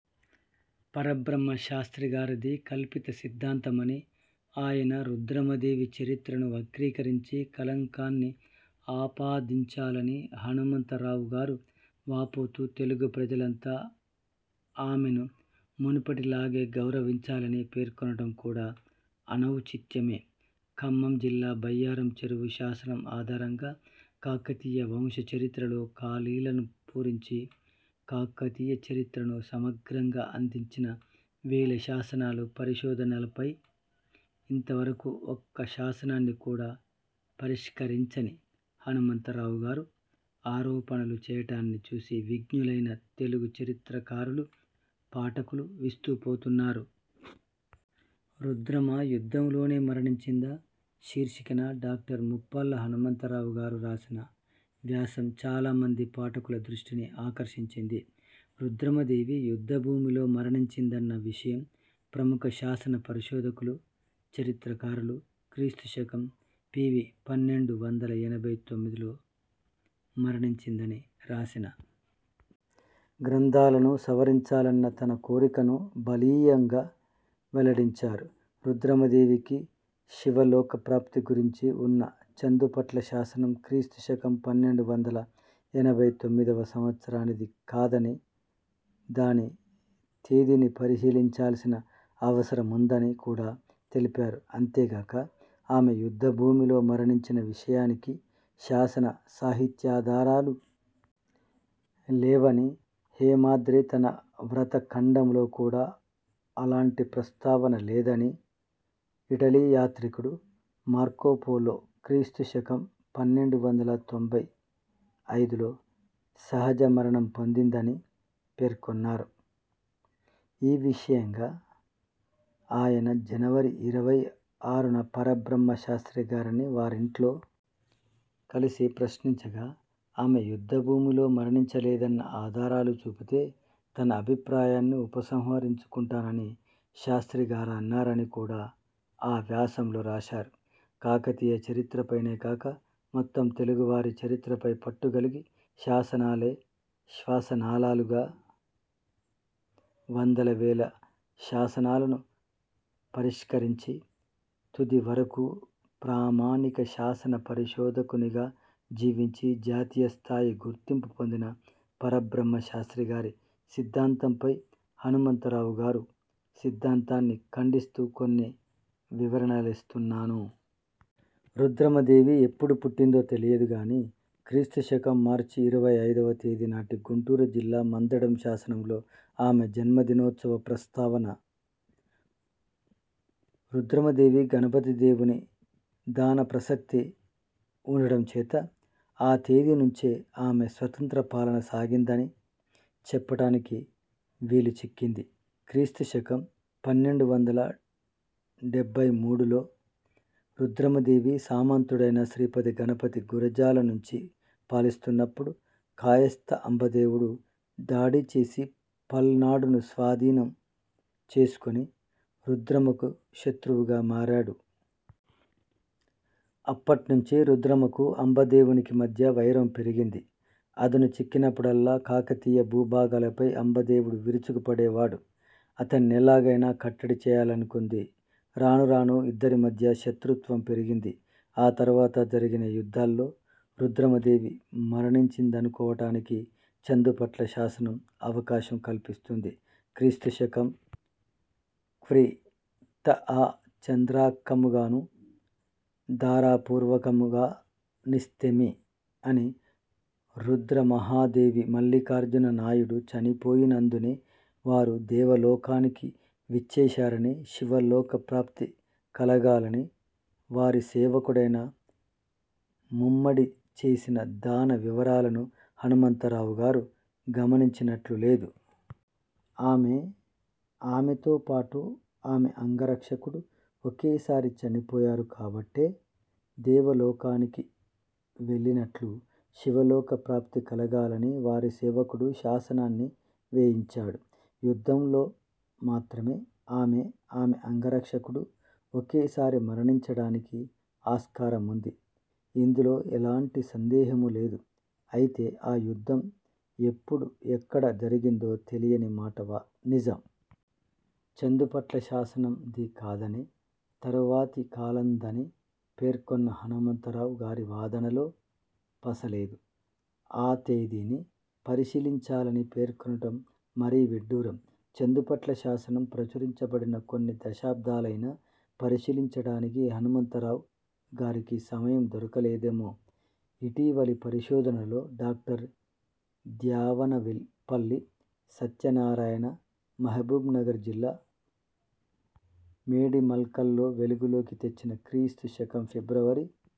పరబ్రహ్మ శాస్త్రి గారిది కల్పిత సిద్ధాంతమనీ, ఆయన రుద్రమదేవి చరిత్రను వక్రీకరించి, కళంకాన్ని ఆపాదించారని హనుమంతరావు గారు వాపోతూ, తెలుగు ప్రజలంతా ఆమెను మునుపటిలానే గౌరవించాలని పేర్కొనటం కూడా అనౌచిత్యమే. ఖమ్మం జిల్లా బయ్యారం చెరువు శాసనం ఆధారంగా, కాకతీయ వంశ చరిత్రలో ఖాళీలను పూరించి, కాకతీయ చరిత్రను సమగ్రంగా అందించిన వేల శాసనాల పరిశోధకునిపై, ఇంతవరకూ ఒక్క శాసనాన్ని కూడా పరిష్కరించని హనుమంతరావు గారు ఆరోపణలు చేయటాన్ని చూసి విజ్ఞులైన తెలుగు చరిత్రకారులు, పాఠకులు విస్తుపోతున్నారు. 'రుద్రమ యుద్ధంలోనే మరణించిందా? ' శీర్షికన డాక్టర్ ముప్పాళ్ల హనుమంతరావు గారు రాసిన వ్యాసం చాలామంది పాఠకుల దృష్టిని ఆకర్షించింది. రుద్రమదేవి, యుద్ధభూమిలో మరణించిందన్న విషయం ప్రముఖ శాసన పరిశోధకులు, చరిత్రకారులు క్రీస్తు శకం పి. వి. పన్నెండు వందల ఎనభై తొమ్మిదిలో మరణించిందని రాసిన గ్రంథాలను సవరించాలన్న తన కోరికను బలీయంగా వెల్లడించారు రుద్రమదేవికి శివలోకప్రాప్తి గురించి ఉన్న చందుపట్ల శాసనం క్రీస్తు శకం పన్నెండు వందల ఎనభై తొమ్మిదివ సంవత్సరానిది కాదనీ, దాని తేదీని పరిశీలించాల్సిన అవసరముందని కూడా తెలిపారు అంతేకాక ఆమె యుద్ధభూమిలో మరణించిన విషయానికి శాసన, సాహిత్యాధారాలు లేవనీ, హేమాద్రి తన వ్రత ఖండంలో కూడా అలాంటి ప్రస్తావన లేదనీ, ఇటలీ యాత్రికుడు మార్కో పోలో క్రీస్తు శకం పన్నెండు వందల తొంభై ఐదులో సహజ మరణం పొందిందని పేర్కొన్నారు ఈ విషయంగా ఆయన, జనవరి ఇరవై ఆరున పరబ్రహ్మ శాస్ర్తి గారిని వారింట్లో కలిసి, ప్రశ్నించగా, ఆమె యుద్ధభూమిలో మరణించ లేదన్న ఆధారాలు చూపితే తన అభిప్రాయాన్ని ఉపసంహరించు కుంటానని శాస్ర్తి గారన్నారని కూడా ఆ వ్యాసంలో రాశారు కాకతీయ చరిత్రపైనే కాక, మొత్తం తెలుగువారి చరిత్రపై పట్టుగలిగి, శాసనాలే శ్వాసనాళాలుగా, వందల, వేల శాసనాలను పరిష్కరించి, తుదివరకూ ప్రామాణిక శాసన పరిశోధకునిగా జీవించి, జాతీయస్థాయి గుర్తింపు పొందిన పరబ్రహ్మశాస్ర్తి గారి సిద్ధాంతంపై, హనుమంతరావు గారి రాద్ధాంతాన్ని ఖండిస్తూ, కొన్ని వివరణలనిస్తున్నాను. రుద్రమదేవి ఎప్పుడు పుట్టిందో తెలియదు గానీ, క్రీస్తు శకం మార్చి ఇరవై ఐదువ తేదీనాటి గుంటూరు జిల్లా మందడం శాసనంలో, ఆమె జన్మదినోత్సవ ప్రస్తావన, రుద్రమదేవి, గణపతిదేవుని దానప్రసక్తి ఉండటం చేత, ఆ తేదీ నుంచే ఆమె స్వతంత్ర పాలన సాగిందని చెప్పటానికి వీలుచిక్కింది. క్రీస్తు శకం పన్నెండు వందల డెబ్బై మూడులో రుద్రమదేవి సామంతుడైన శ్రీపతి గణపతి గురజాల నుంచి పాలిస్తున్నపుడు, కాయస్త అంబదేవుడు దాడిచేసి పల్నాడును స్వాధీనం చేసుకొని రుద్రమకు శత్రువుగా మారాడు. అప్పట్నించి రుద్రమకు, అంబదేవునికీ మధ్య వైరం పెరిగింది. అదును చిక్కినప్పుడల్లా, కాకతీయ భూభాగాలపై అంబదేవుడు విరుచుకుపడేవాడు. అతన్నెలాగైనా కట్టడి చేయాలనుకొంది. రానురానూ ఇద్దరి మధ్యా శత్రుత్వం పెరిగింది. ఆ తరువాత జరిగిన యుద్ధాల్లో రుద్రమదేవి మరణించిందనుకోవటానికి చందుపట్ల శాసనం అవకాశం కల్పిస్తుంది. క్రీస్తు శకం క్వ్రిత్తఅచంద్రాక్కముగాను ధారాపూర్వకముగా నిస్తిమి' అని రుద్ర మహాదేవి, మల్లికార్జున నాయుడు, చనిపోయినందునే, వారు దేవలోకానికి విచ్చేశారనీ, శివలోక ప్రాప్తి కలగాలని వారి సేవకుడైన ముమ్మడి చేసిన దాన వివరాలను హనుమంతరావు గారు గమనించినట్లు లేదు. ఆమె, ఆమెతో పాటు ఆమె అంగరక్షకుడు ఒకేసారి చనిపోయారు గాబట్టే, దేవలోకానికి వెళ్లినట్లు, శివలోక ప్రాప్తి కలగాలని వారి సేవకుడు శాసనాన్ని వేయించాడు. యుద్ధంలో మాత్రమే ఆమె, ఆమె అంగరక్షకుడూ ఒకేసారి మరణించటానికి ఆస్కారముంది. ఇందులో ఎలాంటి సందేహమూ లేదు. అయితే, ఆ యుద్ధం, ఎప్పుడు, ఎక్కడ జరిగిందో తెలియని మాట వా నిజం. చందుపట్ల శాసనం ది కాదనీ, తరువాతి కాలందనీ పేర్కొన్న హనుమంతరావు గారి వాదనలో పస లేదు. ఆ తేదీని పరిశీలించాలని పేర్కొనటం మరీ విడ్డూరం. చందుపట్ల శాసనం ప్రచురించబడిన కొన్ని దశాబ్దాలైనా, పరిశీలించటానికి హనుమంతరావు గారికి సమయం దొరకలేదేమో! ఇటీవలి పరిశోధనలో డాక్టర్ ద్యావనపల్లి సత్యనారాయణ, మహబూబ్నగర్ జిల్లా మేడిమల్కల్లో వెలుగులోకి తెచ్చిన, క్రీస్తు శకం ఫిబ్రవరి